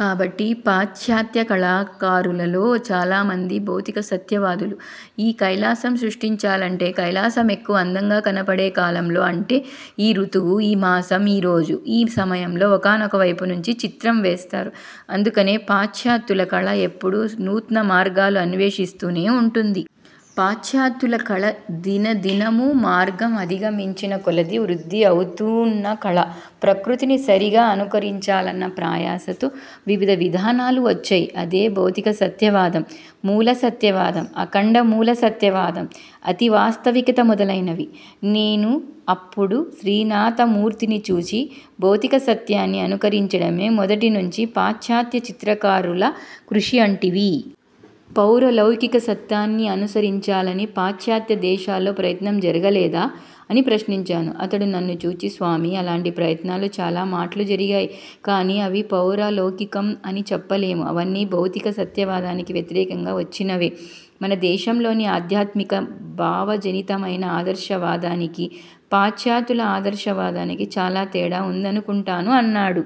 కాబట్టి పాశ్చాత్య కళాకారులలో చాలామంది భౌతిక సత్యవాదులు. ఈ కైలాసం సృష్టించాలంటే, కైలాసం ఎక్కువ అందంగా కనబడేకాలంలో అంటే ఈ రుతువు, ఈ మాసం, ఈ రోజు ఈ సమయంలో ఒకానొక వైపునుంచి చిత్రం వేస్తారు. అందుకనే పాశ్చాత్యుల కళ ఎప్పుడూ నూత్న మార్గాలు అన్వేషిస్తూనే ఉంటుంది. పాశ్చాత్యుల కళ దినదినమూ, మార్గం అధిగమించిన కొలదీ, వృద్ది అవుతూన్న కళ. ప్రకృతిని సరిగా అనుకరించాలన్న ప్రయాసతో వివిధ విధానాలు వచ్చాయి. అదే భౌతిక సత్యవాదము. మూల సత్యవాదము, అఖండమూల సత్యవాదము, అతి వాస్తవికతమొదలైనవి. నేను అప్పుడు శ్రీనాథమూర్తిని చూచి, '' భౌతికసత్యాన్ని అనుకరించడమే మొదటినుంచీ పాశ్చాత్య చిత్రకారుల కృషి అంటివి. పారలౌకిక సత్యాన్ని అనుసరించాలని పాశ్చాత్యాదేశాల్లో ప్రయత్నం జరగలేదా? ''అని ప్రశ్నించాను. అతడు నన్ను చూచి ''స్వామీ, అలాంటి ప్రయత్నాలు చాలా మాట్లు జరిగాయి. గాని అవి పారలౌకికం అని చెప్పలేము. అవన్నీ భౌతిక సత్యవాదానికి వ్యతిరేకంగా వచ్చినవే. మన దేశంలోని ఆధ్యాత్మిక భావజనితమైన ఆదర్శ వాదానికీ, పాశ్చాత్యుల ఆదర్శ వాదానికీ చాలా తేడా ఉందనుకుంటాను'' అన్నాడు.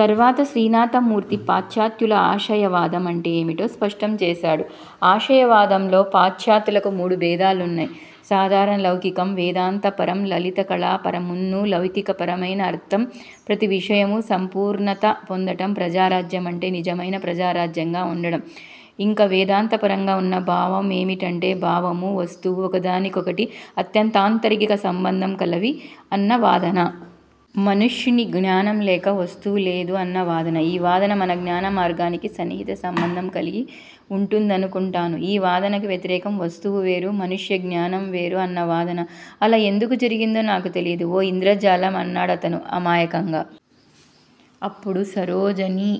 తర్వాత శ్రీనాథమూర్తి పాశ్చాత్యుల ఆశయవాదం అంటే ఏమిటో స్పష్టం చేశాడు. '' ఆశయవాదంలో పాశ్చాత్యులకు మూడు భేదాలున్నాయి సాదారణ లౌకికం, వేదాంతపరం, లలితకళా పరమున్నూ. లౌకికపరమైన అర్ధం ప్రతి విషయమూ సంపూర్ణత పొందడం, ప్రజారాజ్యం అంటే నిజమైన ప్రజారాజ్యంగా ఉండడం. ఇంక వేదాంతపరంగా ఉన్న భావం ఏమిటంటే, భావమూ, వస్తువూ ఒకదాని కొకటి అత్యంతాంతరింగిక సంబంధం కలవి అన్న వాదన. మనుష్యుని జ్ఞానం లేక వస్తువు లేదు అన్న వాదన. ఈ వాదన మన జ్ఞాన మార్గానికి సన్నిహిత సంబంధం కలిగి ఉంటుందనుకుంటాను. ఈ వాదానికి వ్యతిరేకం వస్తువు వేరు, మనుష్య జ్ఞానం వేరు అన్న వాదన. అలా ఎందుకు జరిగిందో నాకు తెలియదు. ఓ ఇంద్రజాలం అన్నాడతను అమాయకంగా. అప్పుడు సరోజిని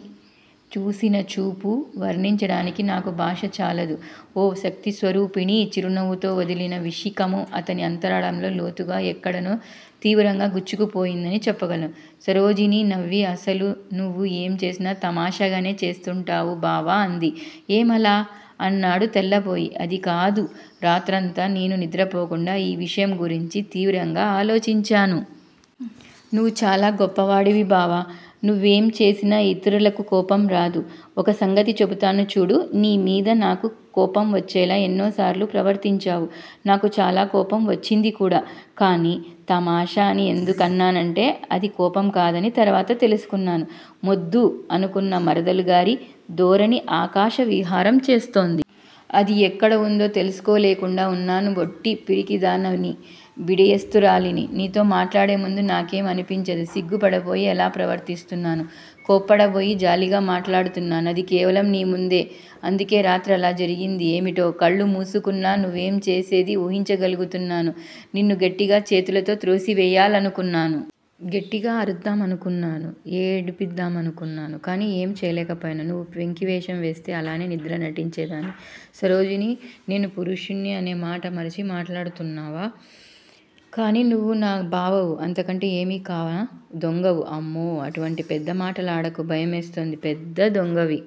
చూసిన చూపు వర్ణించడానికి నాకు భాష చాలదు. ఓ శక్తిస్వరూపిణి చిరునవ్వుతో వదిలిన విశిఖము అతని అంతరాళంలో లోతుగా ఎక్కడనో తీవ్రంగా గుచ్చుకుపోయిందని చెప్పగలను. సరోజిని నవ్వి అసలు నువ్వు ఏంచేసినా తమాషాగానే చేస్తుంటావు బావా అంది. ఏమలా? అన్నాడు తెల్లబోయి. అదికాదు రాత్రంతా నేను నిద్రపోకుండా ఈ విషయంగురించి తీవ్రంగా ఆలోచించాను. నువ్వు చాలా గొప్పవాడివి బావా. నువ్వేం చేసినా ఇతరులకు కోపంరాదు. ఒక సంగతి చెబుతాను చూడు, నీమీద నాకు కోపం వచ్చేలా ఎన్నోసార్లు ప్రవర్తించావు. నాకు చాలా కోపంవచ్చింది కూడా. కానీ తమాషా అని ఎందుకన్నానంటే అది కోపంకాదని తరువాత తెలుసుకున్నాను. మొద్దు అనుకున్న మరదలుగారి ధోరణి ఆకాశవిహారం చేస్తోంది. అది ఎక్కడవుందో తెలుసుకోలేకుండా ఉన్నాను ఒట్టి పిరికిధానని బిడియస్తురాలిని. నీతో మాట్లాడేముందు నాకేమీ అనిపించదు. సిగ్గుపడబోయి, ఎలానో ప్రవర్తిస్తున్నాను. కోప్పడబోయి జాలిగా మాట్లాడతాను. అది కేవలం నీ ముందే అందుకే రాత్రి అలా జరిగింది. ఏమిటో? కళ్ళు మూసుకున్నా నువ్వేంచేసేదీ ఊహించ గలుగుతున్నాను. నిన్ను గట్టిగా చేతులతో త్రోసివేయాలనుకున్నాను. గట్టిగా అరుద్ద్డామనుకున్నాను. ఏడిపిద్దామనుకున్నాను. కానీ ఏమీ చేయలేకపోయాను. నువ్వు పెంకివేషం వేస్తే అలానే నిద్ర నటించేదాన్ని! సరోజినీ! నేను పురుషుడ్ని అనే మాట మరిచి మాట్లాడుతున్నావా? కానీ నువ్వు నా బావవు. అంతకంటే ఏమీ కానా. దొంగవు అమ్మో! అటువంటి పెద్దమాటలాడకు, భయమేస్తుంది. పెద్ద దొంగవి.